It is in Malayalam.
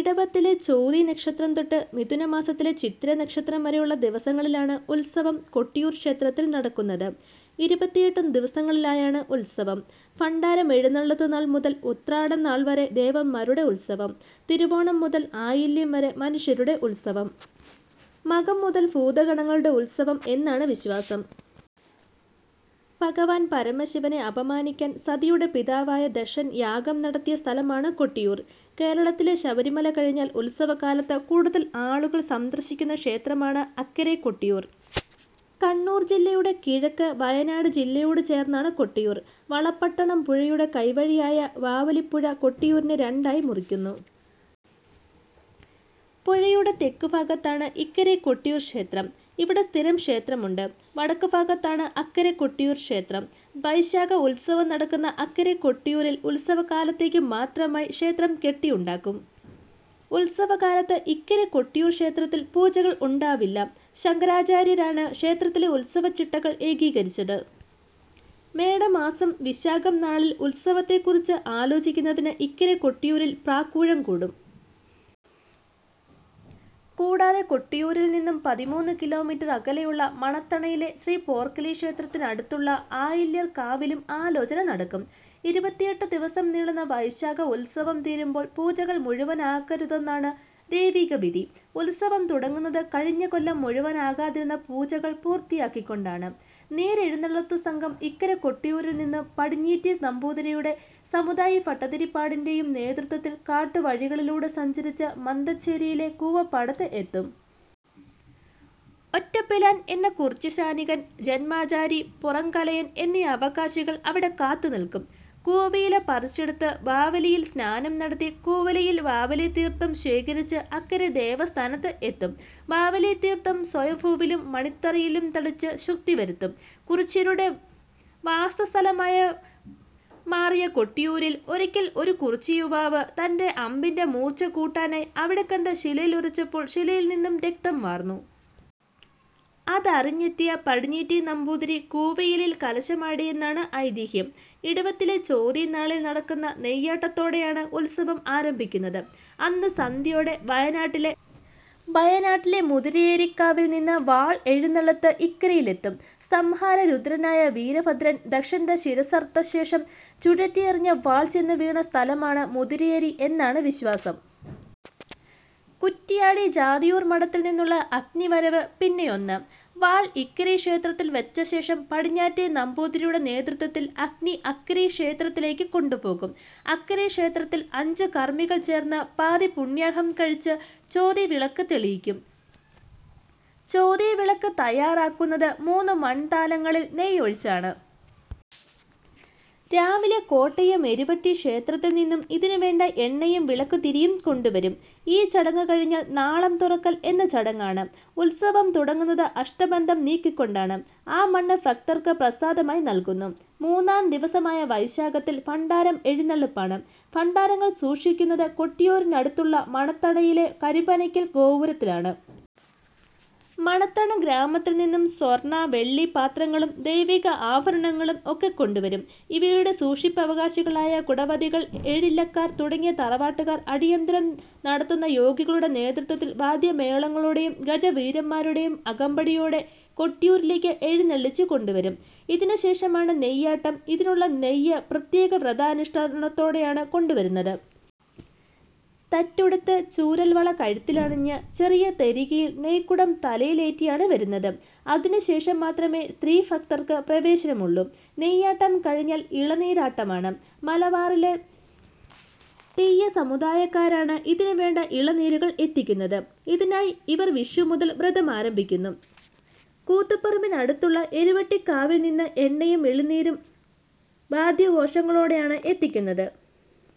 ഇടവത്തിലെ ചോതി നക്ഷത്രം തൊട്ട് മിഥുന മാസത്തിലെ ചിത്തിര നക്ഷത്രം വരെയുള്ള ദിവസങ്ങളിലാണ് ഉത്സവം കൊട്ടിയൂർ ക്ഷേത്രത്തിൽ നടക്കുന്നത്. ഇരുപത്തെട്ട് ദിവസങ്ങളിലായാണ് ഉത്സവം. ഭണ്ഡാരം എഴുന്നള്ളത്തുനാൾ മുതൽ ഉത്രാടം നാൾ വരെ ദേവന്മാരുടെ ഉത്സവം. തിരുവോണം മുതൽ ആയില്യം വരെ മനുഷ്യരുടെ ഉത്സവം. മകം മുതൽ ഭൂതഗണങ്ങളുടെ ഉത്സവം എന്നാണ് വിശ്വാസം. ഭഗവാൻ പരമശിവനെ അപമാനിക്കാൻ സതിയുടെ പിതാവായ ദക്ഷൻ യാഗം നടത്തിയ സ്ഥലമാണ് കൊട്ടിയൂർ. കേരളത്തിൽ ശബരിമല കഴിഞ്ഞാൽ ഉത്സവകാലത്ത് കൂടുതൽ ആളുകൾ സന്ദർശിക്കുന്ന ക്ഷേത്രമാണ് അക്കരെ കൊട്ടിയൂർ. കണ്ണൂർ ജില്ലയുടെ കിഴക്ക്, വയനാട് ജില്ലയോട് ചേർന്നാണ് കൊട്ടിയൂർ. വളപ്പട്ടണം പുഴയുടെ കൈവഴിയായ ബാവലിപ്പുഴ കൊട്ടിയൂരിനെ രണ്ടായി മുറിക്കുന്നു. പുഴയുടെ തെക്കുഭാഗത്താണ് ഇക്കരെ കൊട്ടിയൂർ ക്ഷേത്രം. ഇവിടെ സ്ഥിരം ക്ഷേത്രമുണ്ട്. വടക്കുഭാഗത്താണ് അക്കരെ കൊട്ടിയൂർ ക്ഷേത്രം. വൈശാഖ ഉത്സവം നടക്കുന്ന അക്കരെ കൊട്ടിയൂരിൽ ഉത്സവകാലത്തേക്ക് മാത്രമായി ക്ഷേത്രം കെട്ടിയുണ്ടാക്കും. ഉത്സവകാലത്ത് ഇക്കരെ കൊട്ടിയൂർ ക്ഷേത്രത്തിൽ പൂജകൾ ഉണ്ടാവില്ല. ശങ്കരാചാര്യരാണ് ക്ഷേത്രത്തിലെ ഉത്സവചിട്ടകൾ ഏകീകരിച്ചത്. മേട മാസം വിശാഖം നാളിൽ ഉത്സവത്തെക്കുറിച്ച് ആലോചിക്കുന്നതിന് ഇക്കരെ കൊട്ടിയൂരിൽ പ്രാക്കൂഴം കൂടും. കൂടാതെ കൊട്ടിയൂരിൽ നിന്ന് പതിമൂന്ന് കിലോമീറ്റർ അകലെയുള്ള മണത്തണയിലെ ശ്രീപോർക്കലി ക്ഷേത്രത്തിന് അടുത്തുള്ള ആയില്യർ കാവിലും ആലോചന നടക്കും. ഇരുപത്തിയെട്ട് ദിവസം നീളുന്ന വൈശാഖ ഉത്സവം തീരുമ്പോൾ പൂജകൾ മുഴുവനാകരുതെന്നാണ് വൈദികവിധി. ഉത്സവം തുടങ്ങുന്നത് കഴിഞ്ഞ കൊല്ലം മുഴുവനാകാതിരുന്ന പൂജകൾ പൂർത്തിയാക്കിക്കൊണ്ടാണ്. നീരെഴുന്നള്ളത്ത് സംഘം ഇക്കരെ കൊട്ടിയൂരിൽ നിന്ന് പടിഞ്ഞീറ്റ നമ്പൂതിരിയുടെയും സമുദായി ഭട്ടതിരിപ്പാടിൻ്റെയും നേതൃത്വത്തിൽ കാട്ടുവഴികളിലൂടെ സഞ്ചരിച്ച് മന്ദഞ്ചേരിയിലെ കൂവപ്പാടത്ത് എത്തും. ഒറ്റപ്പിലാൻ എന്ന കുറിച്യസ്ഥാനികൻ, ജന്മാശാരി, പുറംകലയൻ എന്നീ അവകാശികൾ അവിടെ കാത്തുനിൽക്കും. കൂവയില പറിച്ചെടുത്ത് ബാവലിയിൽ സ്നാനം നടത്തി കൂവയിലയിൽ ബാവലിതീർത്ഥം ശേഖരിച്ച് അക്കരെ ദേവസ്ഥാനത്ത് എത്തും. ബാവലിതീർത്ഥം സ്വയംഭൂവിലും മണിത്തറയിലും തളിച്ച് ശുദ്ധിവരുത്തും. കുറിച്യരുടെ വാസസ്ഥലമായി മാറിയ കൊട്ടിയൂരിൽ ഒരിക്കൽ ഒരു കുറിച്യയുവാവ് തൻ്റെ അമ്പിൻ്റെ മൂർച്ച കൂട്ടാനായി അവിടെ കണ്ട ശിലയിൽ ഉരച്ചപ്പോൾ ശിലയിൽ നിന്ന് രക്തം വാർന്നു. അത് അറിഞ്ഞെത്തിയ പടിഞ്ഞീറ്റ നമ്പൂതിരി കൂവയിലയിൽ കലശമാടിയെന്നാണ് ഐതിഹ്യം. ഇടവത്തിലെ ചോതി നാളിൽ നടക്കുന്ന നെയ്യാട്ടത്തോടെയാണ് ഉത്സവം ആരംഭിക്കുന്നത്. അന്ന് സന്ധ്യയോടെ വയനാട്ടിലെ മുതിരേരിക്കാവിൽ നിന്ന് വാൾ എഴുന്നള്ളത്ത് ഇക്കരയിലെത്തും. സംഹാരരുദ്രനായ വീരഭദ്രൻ ദക്ഷൻ്റെ ശിരസ്സറുത്ത ശേഷം ചുഴറ്റിയെറിഞ്ഞ വാൾ ചെന്നു വീണ സ്ഥലമാണ് മുതിരേരി എന്നാണ് വിശ്വാസം. കുറ്റിയാടി ജാതിയൂർ മഠത്തിൽ നിന്നുള്ള അഗ്നിവരവ് പിന്നെയൊന്ന്. വാൾ ഇക്കരെ ക്ഷേത്രത്തിൽ വെച്ചശേഷം പടിഞ്ഞാറ്റെ നമ്പൂതിരിയുടെ നേതൃത്വത്തിൽ അഗ്നി അക്കരെ ക്ഷേത്രത്തിലേക്ക് കൊണ്ടുപോകും. അക്കരെ ക്ഷേത്രത്തിൽ അഞ്ച് കർമ്മികൾ ചേർന്ന് പാതിപൂണ്യാഹം കഴിച്ച് ചോതി വിളക്ക് തെളിയിക്കും. ചോതി വിളക്ക് തയ്യാറാക്കുന്നത് മൂന്ന് മൺതാലങ്ങളിൽ നെയ്യ് ഒഴിച്ചാണ്. രാവിലെ കോട്ടയം എരുവട്ടി ക്ഷേത്രത്തിൽ നിന്ന് ഇതിനു വേണ്ട എണ്ണയും വിളക്കുതിരിയും കൊണ്ടുവരും. ഈ ചടങ്ങ് കഴിഞ്ഞാൽ "നാളം തുറക്കൽ" എന്ന ചടങ്ങാണ്. ഉത്സവം തുടങ്ങുന്നത് അഷ്ടബന്ധം നീക്കിക്കൊണ്ടാണ്, ആ മണ്ണ് ഭക്തർക്ക് പ്രസാദമായി നൽകുന്നു. മൂന്നാം ദിവസമായ വൈശാഖത്തിൽ ഭണ്ഡാരം എഴുന്നെള്ളിപ്പാണ്. ഭണ്ഡാരങ്ങൾ സൂക്ഷിക്കുന്നത് കൊട്ടിയൂരിനടുത്തുള്ള മണത്തണയിലെ കരിമ്പനയ്ക്കൽ ഗോപുരത്തിലാണ്. മണത്തണ ഗ്രാമത്തിൽ നിന്ന് സ്വർണ്ണ, വെള്ളി പാത്രങ്ങളും ദൈവിക ആഭരണങ്ങളും ഒക്കെ കൊണ്ടുവരും. ഇവയുടെ സൂക്ഷിപ്പവകാശികളായ കുടവതികൾ, ഏഴില്ലക്കാർ തുടങ്ങിയ തറവാട്ടുകാർ അടിയന്തരം നടത്തുന്ന യോഗികളുടെ നേതൃത്വത്തിൽ വാദ്യമേളങ്ങളോടെയും ഗജവീരന്മാരുടെയും അകമ്പടിയോടെ കൊട്ടിയൂരിലേക്ക് എഴുന്നള്ളിച്ച് കൊണ്ടുവരും. ഇതിനുശേഷമാണ് നെയ്യാട്ടം. ഇതിനുള്ള നെയ്യ് പ്രത്യേക വ്രതാനുഷ്ഠാനത്തോടെയാണ് കൊണ്ടുവരുന്നത്. തറ്റുടുത്ത്, ചൂരൽവള കഴുത്തിലണിഞ്ഞ് ചെറിയ തെരികയിൽ നെയ്ക്കുടം തലയിലേറ്റിയാണ് വരുന്നത്. അതിനു ശേഷം മാത്രമേ സ്ത്രീ ഭക്തർക്ക് പ്രവേശനമുള്ളൂ. നെയ്യാട്ടം കഴിഞ്ഞാൽ ഇളനീരാട്ടമാണ്. മലബാറിലെ തിയ്യസമുദായക്കാരാണ് ഇതിനു വേണ്ട ഇളനീരുകൾ എത്തിക്കുന്നത്. ഇതിനായി അവർ വിഷു മുതൽ വ്രതം ആരംഭിക്കുന്നു. കൂത്തുപറമ്പിനടുത്തുള്ള എരുവട്ടിക്കാവിൽ നിന്ന് എണ്ണയും ഇളനീരും വാദ്യാഘോഷങ്ങളോടെയാണ് എത്തിക്കുന്നത്.